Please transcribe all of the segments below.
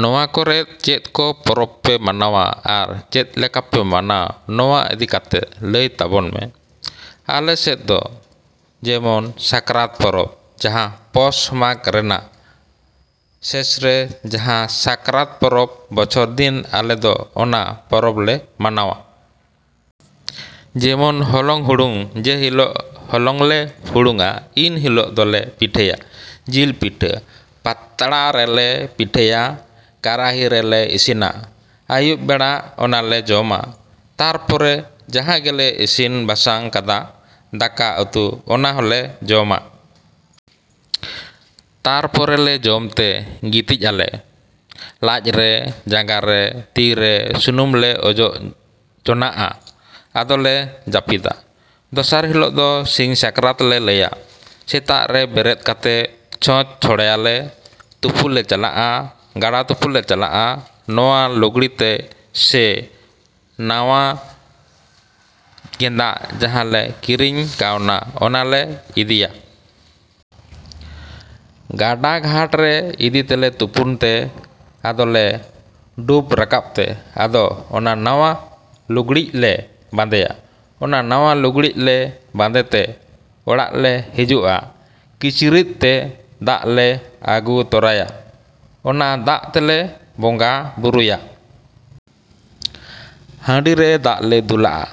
‎ᱱᱚᱣᱟ ᱠᱚᱨᱮᱫ ᱪᱮᱫ ᱠᱚ ᱯᱚᱨᱚᱵᱽ ᱯᱮ ᱢᱟᱱᱟᱣᱟ ᱟᱨ ᱪᱮᱫ ᱞᱮᱠᱟᱯᱮ ᱢᱟᱱᱟᱣᱟ ᱚᱱᱟ ᱤᱫᱤ ᱠᱟᱛᱮᱫ ᱞᱟᱹᱭ ᱛᱟᱵᱚᱱ ᱢᱮ᱾ ᱟᱞᱮ ᱥᱮᱫ ᱫᱚ ᱡᱮᱢᱚᱱ ᱥᱟᱠᱨᱟᱛ ᱯᱚᱨᱚᱵᱽ ᱡᱟᱦᱟᱸ ᱯᱚᱥ ᱢᱟᱜᱽ ᱨᱮᱱᱟᱜ ᱥᱮᱥᱨᱮ ᱡᱟᱦᱟᱸ ᱥᱟᱠᱨᱟᱛ ᱯᱚᱨᱚᱵᱽ ᱵᱚᱪᱷᱚᱨ ᱫᱤᱱ ᱟᱞᱮ ᱫᱚ ᱚᱱᱟ ᱯᱚᱨᱚᱵᱽ ᱞᱮ ᱢᱟᱱᱟᱣᱟ᱾ ᱡᱮᱢᱚᱱ ᱦᱚᱞᱚᱝ ᱦᱩᱲᱩᱝ ᱡᱮ ᱦᱤᱞᱚᱜ ᱦᱚᱞᱚᱝ ᱞᱮ ᱦᱩᱲᱩᱝ ᱟ ᱤᱱ ᱦᱤᱞᱚᱜ ᱫᱚᱞᱮ ᱯᱤᱴᱷᱟᱹᱭᱟ᱾ ᱡᱤᱞ ᱯᱤᱴᱷᱟᱹ ᱯᱟᱛᱲᱟ ᱨᱮᱞᱮ ᱯᱤᱴᱷᱟᱹᱭᱟ, ᱠᱟᱨᱟᱦᱤᱨᱮᱞᱮ ᱤᱥᱤᱱᱟ᱾ ᱟᱹᱭᱩᱵ ᱵᱮᱲᱟ ᱚᱱᱟᱞᱮ ᱡᱚᱢᱟ᱾ ᱛᱟᱨᱯᱚᱨᱮ ᱡᱟᱦᱟᱸ ᱜᱮᱞᱮ ᱤᱥᱤᱱ ᱵᱟᱥᱟᱝ ᱠᱟᱫᱟ ᱫᱟᱠᱟ ᱩᱛᱩ ᱚᱱᱟ ᱦᱚᱸᱞᱮ ᱡᱚᱢᱟ᱾ ᱛᱟᱨᱯᱚᱨᱮᱞᱮ ᱡᱚᱢ ᱛᱮ ᱜᱤᱛᱤᱡᱼᱟᱞᱮ᱾ ᱞᱟᱡᱨᱮ, ᱡᱟᱸᱜᱟᱨᱮ, ᱛᱤ ᱨᱮ ᱥᱩᱱᱩᱢᱞᱮ ᱚᱡᱚᱜ ᱡᱚᱱᱟᱜᱼᱟ ᱟᱫᱚᱞᱮ ᱡᱟᱹᱯᱤᱫᱟ᱾ ᱫᱚᱥᱟᱨ ᱦᱤᱞᱚᱜ ᱫᱚ ᱥᱤᱧ ᱥᱟᱠᱨᱟᱛ ᱞᱮ ᱞᱟᱹᱭᱟ᱾ ᱥᱮᱛᱟᱜ ᱨᱮ ᱵᱮᱨᱮᱫ ᱠᱟᱛᱮᱫ ᱪᱷᱚᱸᱪ ᱪᱷᱚᱲᱟᱭᱟᱞᱮ, ᱛᱩᱯᱩᱞᱮ ᱪᱟᱞᱟᱜᱼᱟ᱾ ᱜᱟᱰᱟ ᱛᱩᱯᱩᱞᱮ ᱪᱟᱞᱟᱜᱼᱟ᱾ ᱱᱟᱣᱟ ᱞᱩᱜᱽᱲᱤᱡ ᱥᱮ ᱱᱟᱣᱟ ᱜᱮᱸᱫᱟᱜ ᱡᱟᱦᱟᱸ ᱞᱮ ᱠᱤᱨᱤᱧ ᱠᱟᱣᱱᱟ ᱚᱱᱟᱞᱮ ᱤᱫᱤᱭᱟ᱾ ᱜᱟᱰᱟ ᱜᱷᱟᱴᱨᱮ ᱤᱫᱤ ᱛᱮᱞᱮ ᱛᱩᱯᱩᱱ ᱛᱮ ᱟᱫᱚᱞᱮ ᱰᱩᱵᱽ ᱨᱟᱠᱟᱵ ᱛᱮ ᱟᱫᱚ ᱚᱱᱟ ᱱᱟᱣᱟ ᱞᱩᱜᱽᱲᱤᱡᱞᱮ ᱵᱟᱸᱫᱮᱭᱟ᱾ ᱚᱱᱟ ᱱᱟᱣᱟ ᱞᱩᱜᱽᱲᱤᱡ ᱞᱮ ᱵᱟᱸᱫᱮ ᱛᱮ ᱚᱲᱟᱜ ᱞᱮ ᱦᱤᱡᱩᱜᱼᱟ᱾ ᱠᱤᱪᱨᱤᱫ ᱛᱮ ᱫᱟᱜ ᱞᱮ ᱟᱹᱜᱩ ᱛᱚᱨᱟᱭᱟ᱾ ᱚᱱᱟ ᱫᱟᱜ ᱛᱮᱞᱮ ᱵᱚᱸᱜᱟᱼᱵᱩᱨᱩᱭᱟ᱾ ᱦᱟᱺᱰᱤ ᱨᱮ ᱫᱟᱜ ᱞᱮ ᱫᱩᱞᱟᱜᱼᱟ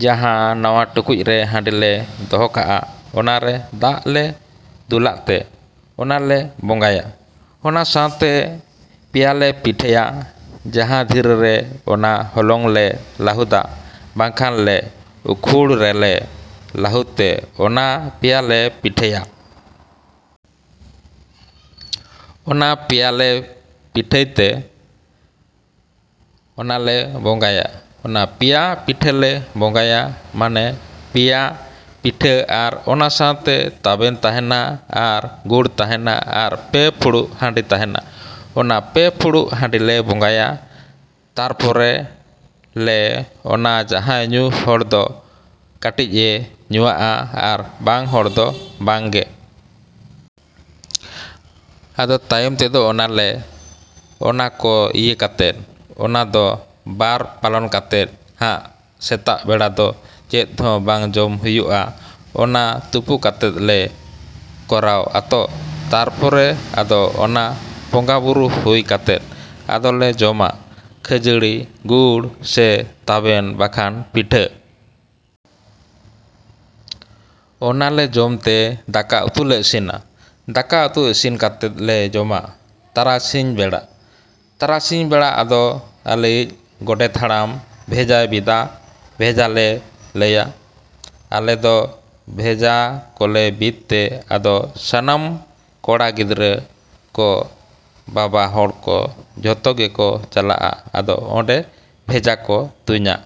ᱡᱟᱦᱟᱸ ᱱᱟᱣᱟ ᱴᱩᱠᱩᱡ ᱨᱮ ᱦᱟᱺᱰᱤ ᱞᱮ ᱫᱚᱦᱚ ᱠᱟᱜᱼᱟ ᱚᱱᱟᱨᱮ ᱫᱟᱜ ᱞᱮ ᱫᱩᱞᱟᱜ ᱛᱮ ᱚᱱᱟᱞᱮ ᱵᱚᱸᱜᱟᱭᱟ᱾ ᱚᱱᱟ ᱥᱟᱶᱛᱮ ᱯᱮᱭᱟᱞᱮ ᱯᱤᱴᱷᱟᱹᱭᱟ ᱡᱟᱦᱟᱸ ᱫᱷᱤᱨᱤ ᱨᱮ ᱚᱱᱟ ᱦᱚᱞᱚᱝ ᱞᱮ ᱞᱟᱹᱦᱩᱫᱟ ᱵᱟᱠᱷᱟᱱ ᱞᱮ ᱩᱠᱷᱩᱲ ᱨᱮᱞᱮ ᱞᱟᱹᱦᱩᱫ ᱛᱮ ᱚᱱᱟ ᱯᱮᱭᱟᱞᱮ ᱯᱤᱴᱷᱟᱹᱭᱟ᱾ ᱚᱱᱟ ᱯᱮᱭᱟᱞᱮ ᱯᱤᱴᱷᱟᱹᱭᱛᱮ ᱚᱱᱟᱞᱮ ᱵᱚᱸᱜᱟᱭᱟ᱾ ᱚᱱᱟ ᱯᱮᱭᱟ ᱯᱤᱴᱷᱟᱹᱞᱮ ᱵᱚᱸᱜᱟᱭᱟ ᱢᱟᱱᱮ ᱯᱮᱭᱟ ᱯᱤᱴᱷᱟᱹ ᱟᱨ ᱚᱱᱟ ᱥᱟᱶᱛᱮ ᱛᱟᱵᱮᱱ ᱛᱟᱦᱮᱱᱟ ᱟᱨ ᱜᱩᱲ ᱛᱟᱦᱮᱱᱟ ᱟᱨ ᱯᱮ ᱯᱷᱩᱲᱩᱜ ᱦᱟᱺᱰᱤ ᱛᱟᱦᱮᱱᱟ᱾ ᱚᱱᱟ ᱯᱮ ᱯᱷᱩᱲᱩᱜ ᱦᱟᱺᱰᱤᱞᱮ ᱵᱚᱸᱜᱟᱭᱟ᱾ ᱛᱟᱨᱯᱚᱨᱮ ᱞᱮ ᱚᱱᱟ ᱡᱟᱦᱟᱸᱭ ᱧᱩ ᱦᱚᱲ ᱫᱚ ᱠᱟᱹᱴᱤᱡᱼᱮ ᱧᱩᱣᱟᱜᱼᱟ ᱟᱨ ᱵᱟᱝ ᱦᱚᱲ ᱫᱚ ᱵᱟᱝ ᱜᱮ᱾ ᱟᱫᱚ ᱛᱟᱭᱚᱢ ᱛᱮᱫᱚ ᱟᱫᱚᱞᱮ ᱚᱱᱟ ᱠᱚ ᱤᱭᱟᱹ ᱠᱟᱛᱮᱫ ᱚᱱᱟ ᱫᱚ ᱵᱟᱨ ᱯᱟᱞᱚᱱ ᱠᱟᱛᱮᱫ ᱦᱟᱸᱜ ᱥᱮᱛᱟᱜ ᱵᱮᱲᱟ ᱫᱚ ᱪᱮᱫ ᱦᱚᱸ ᱵᱟᱝ ᱡᱚᱢ ᱦᱩᱭᱩᱜᱼᱟ ᱚᱱᱟ ᱛᱩᱯᱩ ᱠᱟᱛᱮᱫ ᱞᱮ ᱠᱚᱨᱟᱣ ᱟᱛᱚ ᱛᱟᱨᱯᱚᱨᱮ ᱟᱫᱚ ᱚᱱᱟ ᱵᱚᱸᱜᱟᱼᱵᱩᱨᱩ ᱦᱩᱭ ᱠᱟᱛᱮᱫ ᱟᱫᱚᱞᱮ ᱡᱚᱢᱟ ᱠᱷᱟᱹᱡᱟᱲᱤ ᱜᱩᱲ ᱥᱮ ᱛᱟᱵᱮᱱ ᱵᱟᱠᱷᱟᱱ ᱯᱤᱴᱷᱟᱹ᱾ ᱚᱱᱟᱞᱮ ᱡᱚᱢ ᱛᱮ ᱫᱟᱠᱟ ᱩᱛᱩᱞᱮ ᱤᱥᱤᱱᱟ᱾ ᱫᱟᱠᱟ ᱩᱛᱩ ᱤᱥᱤᱱ ᱠᱟᱛᱮᱫ ᱞᱮ ᱡᱚᱢᱟ ᱛᱟᱨᱟᱥᱤᱧ ᱵᱮᱲᱟ᱾ ᱛᱟᱨᱟᱥᱤᱧ ᱵᱮᱲᱟ ᱟᱫᱚ ᱟᱞᱮᱭᱤᱡ ᱜᱳᱰᱮᱛ ᱦᱟᱲᱟᱢ ᱵᱷᱮᱡᱟᱭ ᱵᱤᱫᱟ ᱵᱷᱮᱡᱟ ᱞᱮ ᱞᱟᱹᱭᱟ᱾ ᱟᱞᱮ ᱫᱚ ᱵᱷᱮᱡᱟ ᱠᱚᱞᱮ ᱵᱤᱫ ᱛᱮ ᱟᱫᱚ ᱥᱟᱱᱟᱢ ᱠᱚᱲᱟ ᱜᱤᱫᱽᱨᱟᱹ ᱠᱚ, ᱵᱟᱵᱟ ᱦᱚᱲ ᱠᱚ ᱡᱷᱚᱛᱚ ᱜᱮᱠᱚ ᱪᱟᱞᱟᱜ ᱛᱮ ᱟᱫᱚ ᱚᱸᱰᱮ ᱵᱷᱮᱡᱟ ᱠᱚ ᱛᱩᱧᱟ᱾